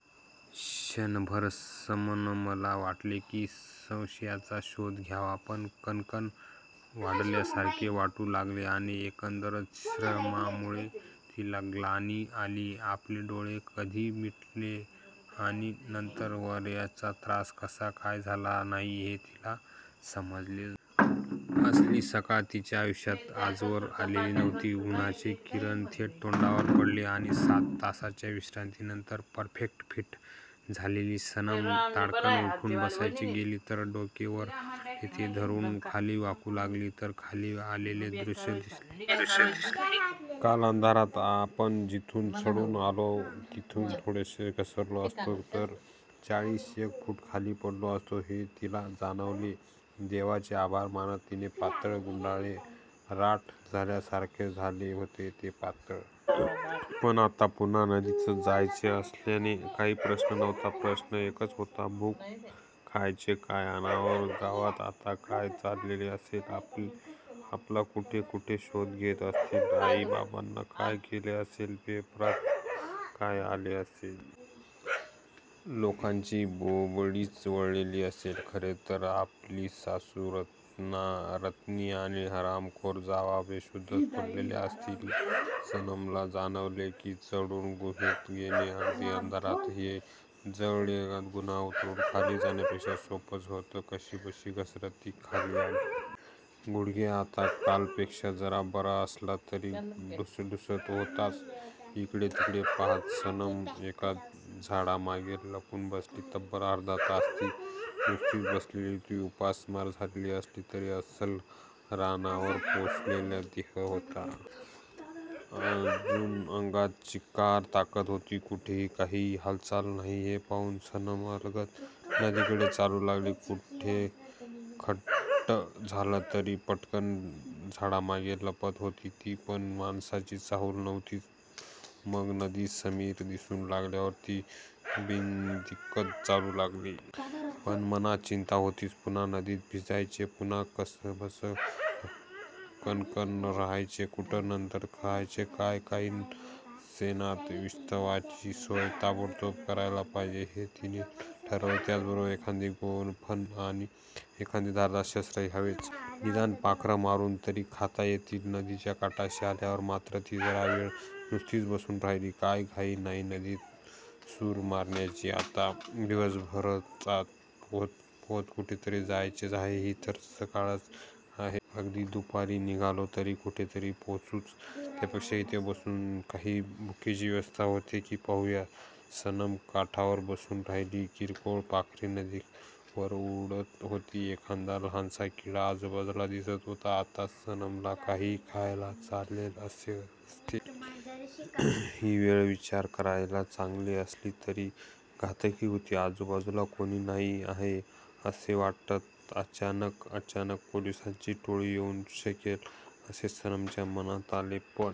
क्षणभर सनमला वाटले की सश्याचा शोध घ्यावा. पण कणकण वाढल्यासारखे वाटू लागले आणि एकंदरच श्रमांमुळे तिला ग्लानी आली. आपले डोळे कधी मिटले आणि नंतर वार्याचा त्रास कसा काय झाला नाही हे तिला समजलेच नाही. असली सकाळ तिच्या आयुष्यात आजवर आलेली नव्हती. उन्हाचे किरण थेट तोंडावर पडले आणि सात तासांच्या विश्रांतीनंतर परफेक्ट फिट झालेली सनम ताडकन उठून बसायला गेली तर डोके वर आपटले. ते धरून खाली वाकू लागली तर खाली असलेले दृष्य दिसले. काल अंधारात आपण जिथून चढून येथे आलो तिथून थोडेसे घसरलो असतो तर चाळीस एक फूट खाली पडलो असतो हे तिला जाणवले. देवाचे आभार मानत तिने पातळ गुंडाळले. राठ झाल्यासारखे झाले होते ते पातळ! पण आता पुन्हा नदीतच जायचे असल्याने काही प्रश्न नव्हता. प्रश्न एकच होता. भूक! खायचे काय? अनार गावात आता काय चाललेले असेल? आपला कुठेकुठे शोध घेत असतील? आई बाबाला काय केले असेल? पेपरात काय आले असेल? लोकांची बोबडीच वळलेली असेल खरे तर. आपली सासू रत्नी आणि हरामखोर जावा बेशुद्धच पडलेल्या असतील. सनमला जाणवले की चढून गुहेत येणे, अगदी अंधारातही, हे उजेडात गुहा उतरून खाली जाण्यापेक्षा सोपेच होते. कशीबशी घसरत ती खाली आली. गुडघा आता कालपेक्षा जरा बरा असला तरी ठुसठुसत होताच. इकडे तिकडे पाहात सनम एका झाडामागे लपून बसली. तब्बल अर्धा तास ती नुसतीच बसलेली होती. उपासमार झालेली असली तरी अस्सल रानावर पोसलेला देह होता. अजून अंगात चिक्कार ताकद होती. कुठेही काहीही हालचाल नाही हे पाहून सनम अलगद नदीकडे चालू लागली. कुठे खुट्ट झालं तरी पटकन झाडांमागे लपत होती ती, पण माणसाची चाहुल नव्हतीच. मग नदी समिर दिसू लागल्यावर ती बिनदिक्कत चालू लागली. पण मनात चिंता होतीच. पुन्हा नदीत भिजायचे, पुन्हा कणकण! राहायचे कुठे नंतर? खायचे काय? काही का सेनात, विस्तवाची सोय ताबडतोब करायला पाहिजे हे तिने ठरवले. त्याचबरोबर एखादी गोफण आणि एखादे धारदार शस्त्रही हवेच. निदान पाखरं मारून तरी खाता येतील. नदीच्या काठाशी आल्यावर मात्र ती जरा वेळ नुसतीच बसून राहिली. काय घाई आहे नदीत सूर मारण्याची? आता दिवसभरात पोहत पोहत कुठेतरी जायचेच आहे. ही तर सकाळच आहे. अगदी दुपारी निघालो तरी कुठेतरी पोहोचूच. त्यापेक्षा इथे बसून काही भुकेची व्यवस्था होते का पाहूयात. सनम काठावर बसून राहिली. किरकोळ पाखरे नदीवर उडत होती. एखादा लहानसा किडा आजूबाजूला दिसत होता. आत्ता सनमला काहीही खायला चालले असते. ही वेळ विचार करायला चांगली असली तरी घातकही होती. आजूबाजूला कोणी नाही आहे असे वाटत असतानाच अचानक पोलिसांची टोळी येऊही शकेल असे सनमच्या मनात आले. पण